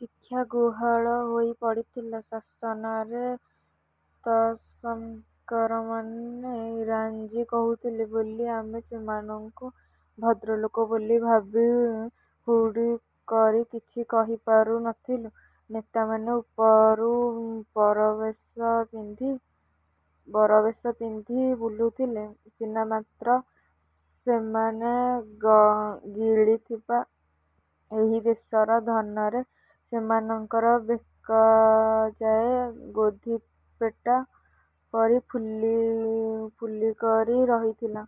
ଶିକ୍ଷା ଗୁହାଳ ହୋଇ ପଡ଼ିଥିଲା, ଶାସନରେ ତସ୍କରମାନେ ଇଂରାଜୀ କହୁଥିଲେ ବୋଲି ଆମେ ସେମାନଙ୍କୁ ଭଦ୍ରଲୋକ ବୋଲି ଭାବି ହୁଡ଼ିକରି କିଛି କହି ପାରୁ ନଥିଲୁ। ନେତାମାନେ ଉପରୁ ବରବେଶ ପିନ୍ଧି ବୁଲୁଥିଲେ ସିନା ମାତ୍ର ସେମାନେ ଗିଳିଥିବା ଏହି ଦେଶର ଧନରେ ସେମାନଙ୍କର ବେକଯାଏ ଗୋଧିପେଟ ପରି ଫୁଲିକରି ରହିଥିଲା।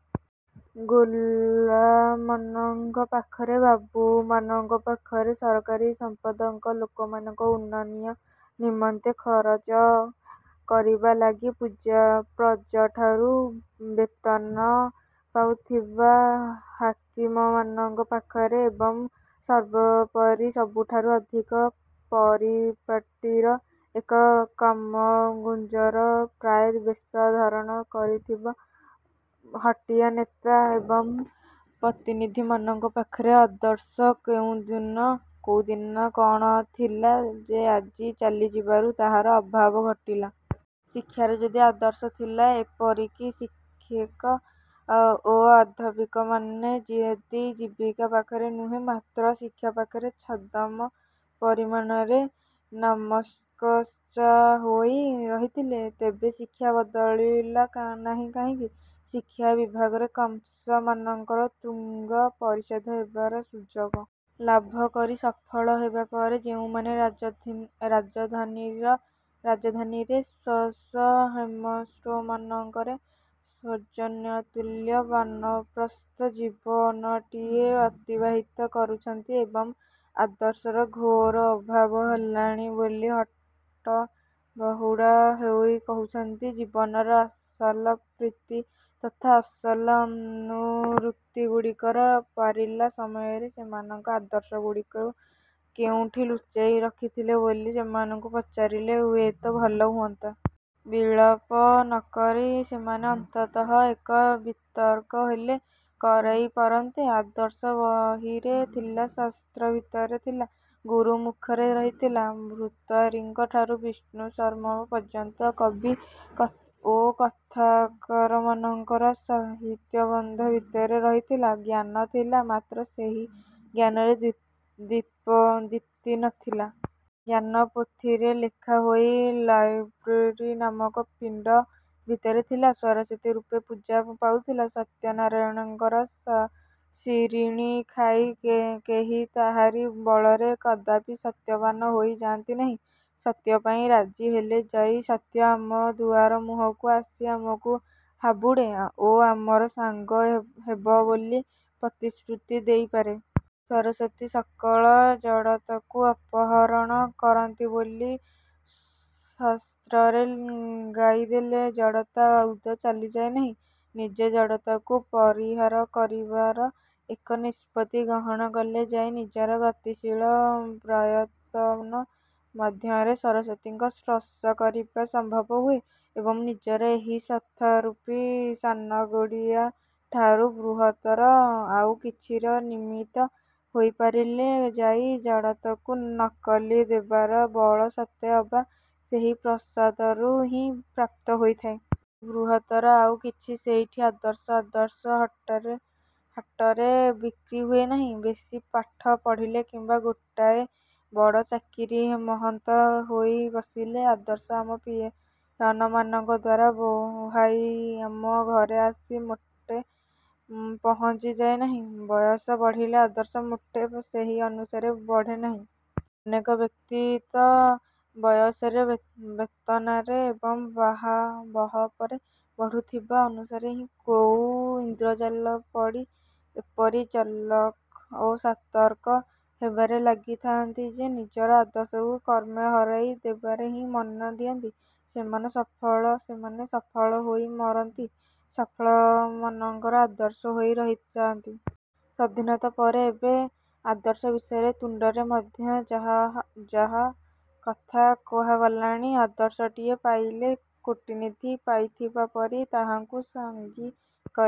ଗୋଲାମମାନଙ୍କ ପାଖରେ, ବାବୁମାନଙ୍କ ପାଖରେ, ସରକାରୀ ସମ୍ପଦକୁ ଲୋକମାନଙ୍କର ଉନ୍ନୟନ ନିମନ୍ତେ ଖରଚ କରିବା ଲାଗି ପ୍ରଜାଠାରୁ ବେତନ ପାଉଥିବା ହାକିମମାନଙ୍କ ପାଖରେ ଏବଂ ସର୍ବୋପରି ସବୁଠାରୁ ଅଧିକ ପରିପାଟୀର ଏକ କାମଗୁଞ୍ଜର ପ୍ରାଏ ବେଶ ଧାରଣ କରିଥିବା ହଟିଆ ନେତା ଏବଂ ପ୍ରତିନିଧିମାନଙ୍କ ପାଖରେ ଆଦର୍ଶ କୋଉଦିନ କଣ ଥିଲା ଯେ ଆଜି ଚାଲିଯିବାରୁ ତାହାର ଅଭାବ ଘଟିଲା? ଶିକ୍ଷାରେ ଯଦି ଆଦର୍ଶ ଥିଲା, ଏପରିକି ଶିକ୍ଷକ ଓ ଅଧ୍ୟାପକମାନେ ଯଦି ଜୀବିକା ପାଖରେ ନୁହେଁ, ମାତ୍ର ଶିକ୍ଷା ପାଖରେ ଛଦାମ ପରିମାଣରେ ନିମକସଚ୍ଚା ହୋଇ ରହିଥିଲେ ତେବେ ଶିକ୍ଷା ବଦଳିଲା ନାହିଁ କାହିଁକି? ଶିକ୍ଷା ବିଭାଗରେ କଂସ ମାନଙ୍କର ତୁଙ୍ଗ ପାରିଷଦ ହେବାର ସୁଯୋଗ ଲାଭକରି ସଫଳ ହେବାପରେ ଯେଉଁମାନେ ରାଜଧାନୀରେ ସ୍ୱ ସ୍ୱ ହର୍ମ୍ୟାଶ୍ରମମାନଙ୍କରେ ସଜ୍ଜନତୁଲ୍ୟ ବାନପ୍ରସ୍ଥ ଜୀବନଟିଏ ଅତିବାହିତ କରୁଛନ୍ତି ଏବଂ ଆଦର୍ଶର ଘୋର ଅଭାବ ହେଲାଣି ବୋଲି ହାଟବାହୁଡ଼ା ହୋଇ କହୁଛନ୍ତି, ଜୀବନର ଅସଲ ପ୍ରୀତି ତଥା ଅସଲ ଅନୁରକ୍ତିଗୁଡ଼ିକର ପାରିଲା ସମୟରେ ସେମାନେ ଆଦର୍ଶଗୁଡ଼ିକୁ କେଉଁଠି ଲୁଚାଇ ରଖିଥଲେ ବୋଲି ସେମାନଙ୍କୁ ପଚାରିଲେ ହୁଏତ ଭଲ ହୁଅନ୍ତା। ବିଳାପ ନକରି ସେମାନେ ଅନ୍ତତଃ ଏକ ବିତର୍କ ହେଲେ କରାଇ ପାରନ୍ତେ। ଆଦର୍ଶ ବହିରେ ଥିଲା, ଶାସ୍ତ୍ର ଭିତରେ ଥିଲା। ଗୁରୁ ମୁଖରେ ରହିଥିଲା। ଭର୍ତ୍ତୃହରିଙ୍କ ଠାରୁ ବିଷ୍ଣୁ ଶର୍ମାଙ୍କ ପର୍ଯ୍ୟନ୍ତ କବି ଓ କଥାକାରମାନଙ୍କର ସାହିତ୍ୟବନ୍ଧ ଭିତରେ ରହିଥିଲା। ଜ୍ଞାନ ଥିଲା ମାତ୍ର ସେହି ଜ୍ଞାନରେ ଦୀପ୍ତି ନଥିଲା। ଜ୍ଞାନ ପୋଥିରେ ଲେଖା ହୋଇ ଲାଇବ୍ରେରୀ ନାମକ ପିଣ୍ଡ ଭିତରେ ଥିଲା ସରସ୍ୱତୀ ରୂପେ ପୂଜା ପାଉଥିଲା। ସତ୍ୟନାରାୟଣଙ୍କର ସିରିଣି ଖାଇ କେହି ତାହାରି ବଳରେ କଦାପି ସତ୍ୟବାନ ହୋଇ ଯାଆନ୍ତି ନାହିଁ। ସତ୍ୟ ପାଇଁ ରାଜି ହେଲେ ଯାଇ ସତ୍ୟ ଆମର ଦୁଆରମୁହଁକୁ ଆସି ଆମକୁ ହାବୁଡ଼େ ଓ ଆମର ସାଙ୍ଗ ହେବ ବୋଲି ପ୍ରତିଶ୍ରୁତି ଦେଇପାରେ। ସରସ୍ୱତୀ ସକଳ ଜଡ଼ତାକୁ ଅପହରଣ କରନ୍ତି ବୋଲି ସ୍ତ୍ରୋତ୍ରରେ ଗାଇଦେଲେ ଜଡ଼ତା ଆଦୌ ଚାଲିଯାଏ ନାହିଁ। ନିଜେ ଜଡ଼ତାକୁ ପରିହାର କରିବାର ଏକ ନିଷ୍ପତ୍ତି ଗ୍ରହଣ କଲେ ଯାଇ ନିଜର ଗତିଶୀଳ ବ୍ରତାୟତନ ମଧ୍ୟରେ ସରସ୍ୱତୀଙ୍କୁ ସ୍ପର୍ଶ କରିବା ସମ୍ଭବ ହୁଏ ଏବଂ ନିଜର ଏହି ସ୍ଵାର୍ଥରୂପୀ ସାନଗାଡ଼ିଆଠାରୁ ବୃହତ୍ତର ଆଉ କିଛିର ନିମିତ୍ତ ହୋଇପାରିଲେ ଯାଇ ଜଡ଼ତାକୁ ନିକାଲି ଦେବାର ବଳ ସତେ ଅବା ସେହି ପ୍ରସାଦରୁ ହିଁ ପ୍ରାପ୍ତ ହୋଇଥାଏ। ସେହି ବୃହତ୍ତର ଆଉ କିଛି, ସେଇଟି ଆଦର୍ଶ। ଆଦର୍ଶ ହାଟରେ ବିକ୍ରି ହୁଏନାହିଁ। ବେଶୀ ପାଠ ପଢ଼ିଲେ କିମ୍ବା ଗୋଟାଏ ବଡ଼ ଚାକିରିରେ ମହନ୍ତ ହୋଇ ବସିଲେ ଆଦର୍ଶ ଆମ ପିଅନମାନଙ୍କ ଦ୍ଵାରା ବୁହାହୋଇ ଆମ ଘରେ ଆସି ମୋଟେ ପହଞ୍ଚି ଯାଏ ନାହିଁ। ବୟସ ବଢ଼ିଲେ ଆଦର୍ଶ ମୋଟେ ସେହି ଅନୁସାରେ ବଡ଼େ ନାହିଁ । ଅନେକ ବ୍ୟକ୍ତି ତ ବୟସରେ, ବେତନରେ ଏବଂ ବହପରେ ବଢୁଥିବା ଅନୁସାରେ କେଉଁ ଇନ୍ଦ୍ରଜାଲରେ ପଡ଼ି ଏପରି ଚାଲାଖ ଓ ସତର୍କ ହେବାରେ ଲାଗିଥାନ୍ତି ଯେ, ନିଜର ଆଦର୍ଶକୁ କ୍ରମେ ହରାଇ ଦେବାରେ ହିଁ ମନ ଦିଅନ୍ତି। ସେମାନେ ସଫଳ ହୋଇ ମରନ୍ତି। ସଫଳମାନଙ୍କର ଆଦର୍ଶ ହୋଇ ରହିଯାଆନ୍ତି। ସ୍ୱାଧୀନତା ପରେ ଏବେ ଆଦର୍ଶ ବିଷୟରେ ତୁଣ୍ଡରେ ମଧ୍ୟ ଯହ କଥା କୁହାଗଲାଣି। ଆଦର୍ଶଟିଏ ପାଇଲେ କୋଟିନିଧି ପାଇଥିବା ପରି ତାହାକୁ ସଙ୍ଗୀ କରି